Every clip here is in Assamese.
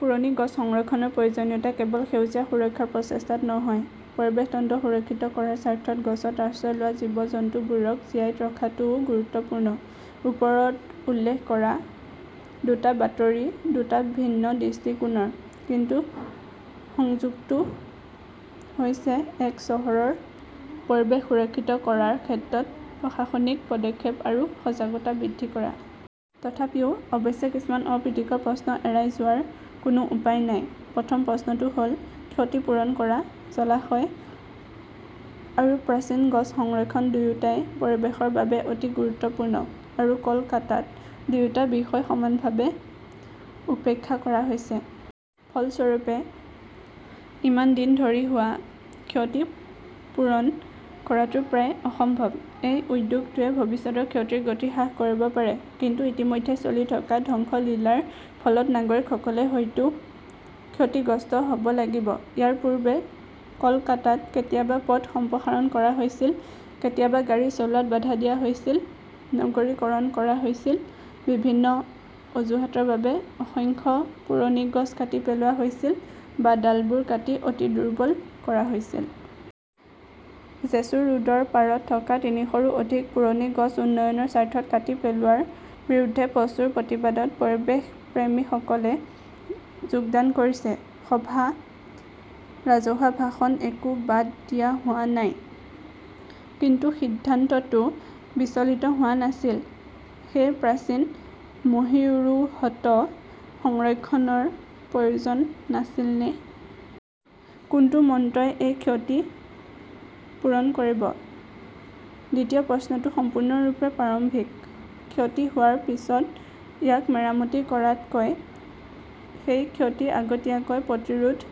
পুৰণি গছ সংৰক্ষণৰ প্ৰয়োজনীয়তা কেৱল সেউজীয়া সুৰক্ষাৰ প্ৰচেষ্টাত নহয়, পৰিৱেশ তন্ত্ৰ সুৰক্ষিত কৰাৰ স্বাৰ্থত গছত আশ্ৰয় লোৱা জীৱ-জন্তুবোৰক জীয়াই ৰখাটোও গুৰুত্বপূৰ্ণ। ওপৰত উল্লেখ কৰা দুটা বাতৰি দুটা ভিন্ন দৃষ্টিকোণৰ। কিন্তু সংযোগটো হৈছে এক-চহৰৰ পৰিৱেশ সুৰক্ষিত কৰাৰ ক্ষেত্ৰত প্ৰশাসনিক পদক্ষেপ আৰু সজাগতা বৃদ্ধি কৰা। তথাপিও, অৱশ্যে কিছুমান অপ্ৰীতিকৰ প্ৰশ্ন এৰাই যোৱাৰ কোনো উপায় নাই। প্ৰথম প্ৰশ্নটো হ'ল ক্ষতি পূৰণ কৰা। জলাশয়, আৰু প্ৰাচীন গছ সংৰক্ষণ-দুয়োটাই পৰিৱেশৰ বাবে অতি গুৰুত্বপূৰ্ণ। আৰু কলকাতাত দুয়োটা বিষয় সমানভাৱে উপেক্ষা কৰা হৈছে। ফলস্বৰূপে, ইমান দিন ধৰি হোৱা ক্ষতি পূৰণ কৰাটো প্ৰায় অসম্ভৱ। এই উদ্যোগটোৱে ভৱিষ্যতৰ ক্ষতিৰ গতি হ্ৰাস কৰিব পাৰে, কিন্তু ইতিমধ্যে চলি থকা ধ্বংসলীলাৰ ফলত নাগৰিকসকলে হয়তো ক্ষতিগ্ৰস্ত হ'ব লাগিব। ইয়াৰ পূৰ্বে কলকাতাত কেতিয়াবা পথ সম্প্ৰসাৰণ কৰা হৈছিল, কেতিয়াবা গাড়ী চলোৱাত বাধা দিয়া হৈছিল, নগৰীকৰণ কৰা হৈছিল, বিভিন্ন অজুহাতৰ বাবে অসংখ্য পুৰণি গছ কাটি পেলোৱা হৈছিল, বা ডালবোৰ কাটি অতি দুৰ্বল কৰা হৈছিল। জেছুৰ ৰোডৰ পাৰত থকা তিনিশৰো অধিক পুৰণি গছ উন্নয়নৰ স্বাৰ্থত কাটি পেলোৱাৰ বিৰুদ্ধে প্ৰচুৰ প্ৰতিবাদত পৰিৱেশপ্ৰেমীসকলে যোগদান কৰিছে। সভা, ৰাজহুৱা ভাষণ-একো বাদ দিয়া হোৱা নাই। কিন্তু সিদ্ধান্তটো বিচলিত হোৱা নাছিল। সেই প্ৰাচীন মহীৰুহত সংৰক্ষণৰ প্ৰয়োজন নাছিলনে? কোনটো মন্ত্ৰই এই ক্ষতি পূৰণ কৰিব? দ্বিতীয় প্ৰশ্নটো সম্পূৰ্ণৰূপে প্ৰাৰম্ভিক। ক্ষতি হোৱাৰ পিছত ইয়াক মেৰামতি কৰাতকৈ সেই ক্ষতি আগতীয়াকৈ প্ৰতিৰোধ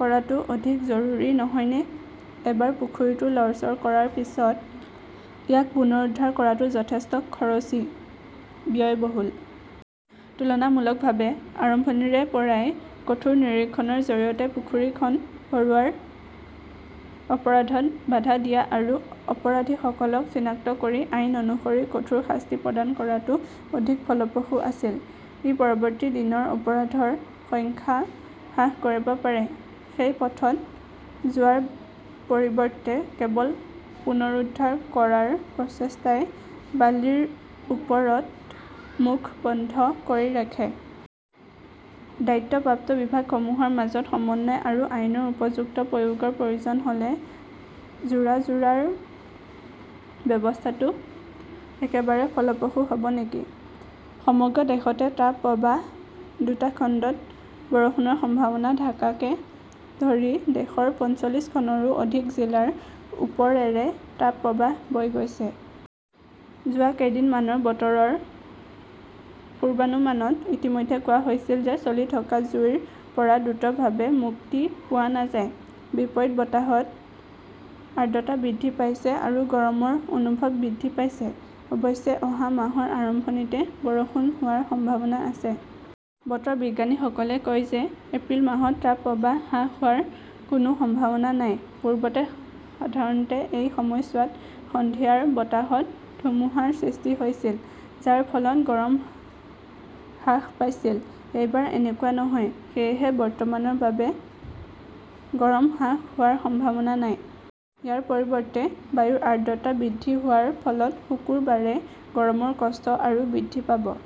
কৰাটো অধিক জৰুৰী নহয়নে? এবাৰ পুখুৰীটো লৰচৰ কৰাৰ পিছত ইয়াক পুনৰুদ্ধাৰ কৰাটো যথেষ্ট খৰচী, ব্যয়বহুল। তুলনামূলকভাৱে আৰম্ভণিৰে পৰাই কঠোৰ নিৰীক্ষণৰ জৰিয়তে পুখুৰীখন ভৰোৱাৰ অপৰাধত বাধা দিয়া আৰু অপৰাধীসকলক চিনাক্ত কৰি আইন অনুসৰি কঠোৰ শাস্তি প্ৰদান কৰাটো অধিক ফলপ্ৰসূ আছিল। ই পৰৱৰ্তী দিনৰ অপৰাধৰ সংখ্যা হ্ৰাস কৰিব পাৰে। সেই পথত যোৱাৰ পৰিৱৰ্তে কেৱল পুনৰুদ্ধাৰ কৰাৰ প্ৰচেষ্টাই বালিৰ ওপৰত মুখ বন্ধ কৰি ৰাখে। দায়িত্বপ্ৰাপ্ত বিভাগসমূহৰ মাজত সমন্বয় আৰু আইনৰ উপযুক্ত প্ৰয়োগৰ প্ৰয়োজন হ'লে যোৰা-যোৰাৰ ব্যৱস্থাটো একেবাৰে ফলপ্ৰসূ হ'ব নেকি? সমগ্ৰ দেশতে তাপপ্ৰবাহ দুটা খণ্ডত বৰষুণৰ সম্ভাৱনা ঢাকাকে ধৰি দেশৰ পঞ্চল্লিছ খনৰো অধিক জিলাৰ ওপৰেৰে তাপপ্ৰবাহ বৈ গৈছে। যোৱা কেইদিনমানৰ বতৰৰ পূৰ্বানুমানত ইতিমধ্যে কোৱা হৈছিল যে চলি থকা জুইৰ পৰা দ্ৰুতভাৱে মুক্তি পোৱা নাযায়। বিপৰীত বতাহত আৰ্দ্ৰতা বৃদ্ধি পাইছে আৰু গৰমৰ অনুভৱ বৃদ্ধি পাইছে। অৱশ্যে অহা মাহৰ আৰম্ভণিতে বৰষুণ হোৱাৰ সম্ভাৱনা আছে। বতৰ বিজ্ঞানীসকলে কয় যে, এপ্ৰিল মাহত তাপপ্ৰবাহ হ্ৰাস হোৱাৰ কোনো সম্ভাৱনা নাই। পূৰ্বতে সাধাৰণতে এই সময়ছোৱাত সন্ধিয়াৰ বতাহত ধুমুহাৰ সৃষ্টি হৈছিল, যাৰ ফলত গৰম হ্ৰাস পাইছিল। এইবাৰ এনেকুৱা নহয়। সেয়েহে বৰ্তমানৰ বাবে গৰম হ্ৰাস হোৱাৰ সম্ভাৱনা নাই। ইয়াৰ পৰিৱৰ্তে, বায়ুৰ আৰ্দ্ৰতা বৃদ্ধি হোৱাৰ ফলত শুকুৰবাৰে গৰমৰ কষ্ট আৰু বৃদ্ধি পাব।